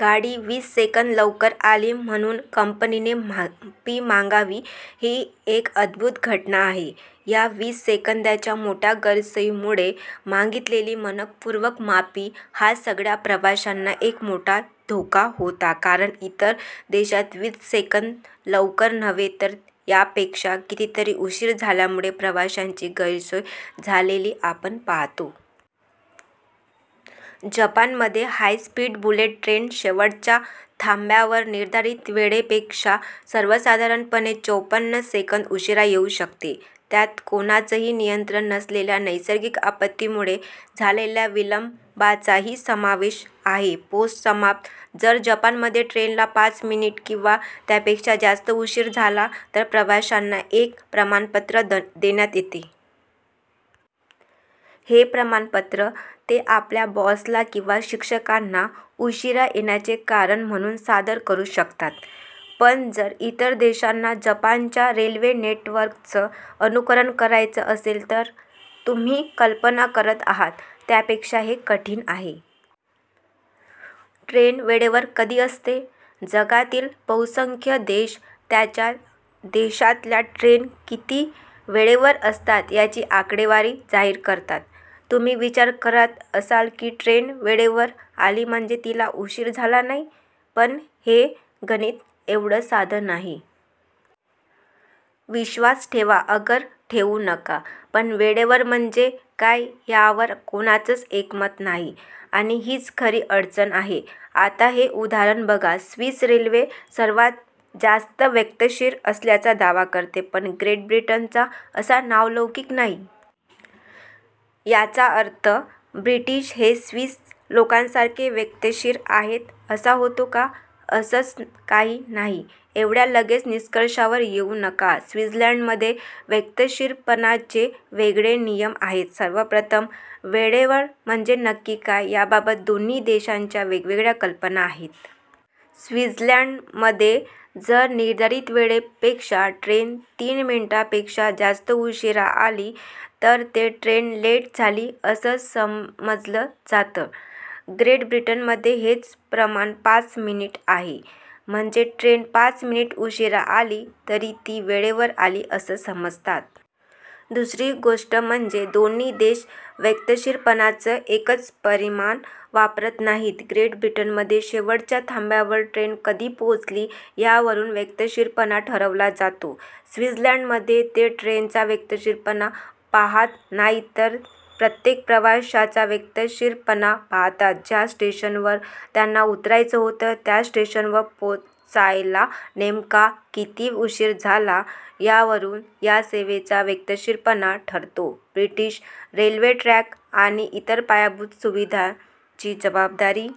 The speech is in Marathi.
गाडी वीस सेकंद लवकर आली म्हणून कंपनीने माफी मागावी ही एक अद्भूत घटना आहे. या वीस सेकंदाच्या मोठ्या गैरसोयीमुळे मागितलेली मन:पूर्वक माफी हा सगळ्या प्रवाशांना एक मोठा धक्का होता. कारण इतर देशांत वीस सेकंद लवकर नव्हे, तर यापेक्षा कितीतरी उशीर झाल्यामुळे प्रवाशांची गैरसोय झालेली आपण पाहतो. जपानमध्ये हाय स्पीड बुलेट ट्रेन शेवटच्या थांब्यावर निर्धारित वेळेपेक्षा सर्वसाधारणपणे चोपन्न सेकंद उशीरा येऊ शकते. त्यात कोणाचंही नियंत्रण नसलेल्या नैसर्गिक आपत्तीमुळे झालेल्या विलंबाचाही समावेश आहे. पोस्ट समाप्त, जर जपानमध्ये ट्रेनला पाच मिनिटं किंवा त्यापेक्षा जास्त उशीर झाला तर प्रवाशांना एक प्रमाणपत्र देण्यात येतं. हे प्रमाणपत्र ते आपल्या बॉसला किंवा शिक्षकांना उशीरा येण्याचं कारण म्हणून सादर करू शकतात. पण जर इतर देशांना जपानच्या रेल्वे नेटवर्कचं अनुकरण करायचं असेल तर? तुम्ही कल्पना करत आहात त्यापेक्षा हे कठीण आहे. ट्रेन वेळेवर कधी असते? जगातील बहुसंख्य देश त्यांच्या देशातल्या ट्रेन किती वेळेवर असतात याची आकडेवारी जाहीर करतात. तुम्ही विचार करत असाल की, ट्रेन वेळेवर आली म्हणजे तिला उशीर झाला नाही. पण हे गणित एवढं साधं नाही. विश्वास ठेवा अगर ठेवू नका पण वेळेवर म्हणजे काय यावर कोणाचंच एकमत नाही आणि हीच खरी अडचण आहे. आता हे उदाहरण बघा. स्वीस रेल्वे सर्वांत जास्त वक्तशीर असल्याचा दावा करते. पण ग्रेट ब्रिटनचा असा नावलौकिक नाही. याचा अर्थ ब्रिटीश हे स्वीस लोकांसारखे वक्तशीर आहेत असा होतो का? असंच काही नाही. एवढ्या लगेच निष्कर्षावर येऊ नका. स्वित्झर्लंडमध्ये वक्तशीरपणाचे वेगळे नियम आहेत. सर्वप्रथम, वेळेवर म्हणजे नक्की काय याबाबत दोन्ही देशांच्या वेगवेगळ्या कल्पना आहेत. स्वित्झर्लंडमध्ये जर निर्धारित वेळेपेक्षा ट्रेन तीन मिनिटापेक्षा जास्त उशीरा आली तर ते ट्रेन लेट झाली, असं समजलं जातं. ग्रेट ब्रिटनमध्ये हेच प्रमाण पाच मिनिटं आहे. म्हणजे ट्रेन पाच मिनिटं उशीरा आली तरी ती वेळेवर आली असं समजतात. दुसरी गोष्ट म्हणजे दोन्ही देश वक्तशीरपणाचं एकच परिमाण वापरत नाहीत. ग्रेट ब्रिटनमध्ये शेवटच्या थांब्यावर ट्रेन कधी पोहोचली यावरून वक्तशीरपणा ठरवला जातो. स्वित्झर्लंडमध्ये ते ट्रेनचा वक्तशीरपणा पाहात नाहीत तर प्रत्येक प्रवाशाचा वक्तशीरपणा पाहतात. ज्या स्टेशनवर त्यांना उतरायचं होतं त्या स्टेशनवर पोचायला त्यांना नेमका किती उशीर झाला, यावरून या सेवेचा वक्तशीरपणा ठरतो. ब्रिटीश रेल्वे ट्रॅक आणि इतर पायाभूत सुविधांची जबाबदारी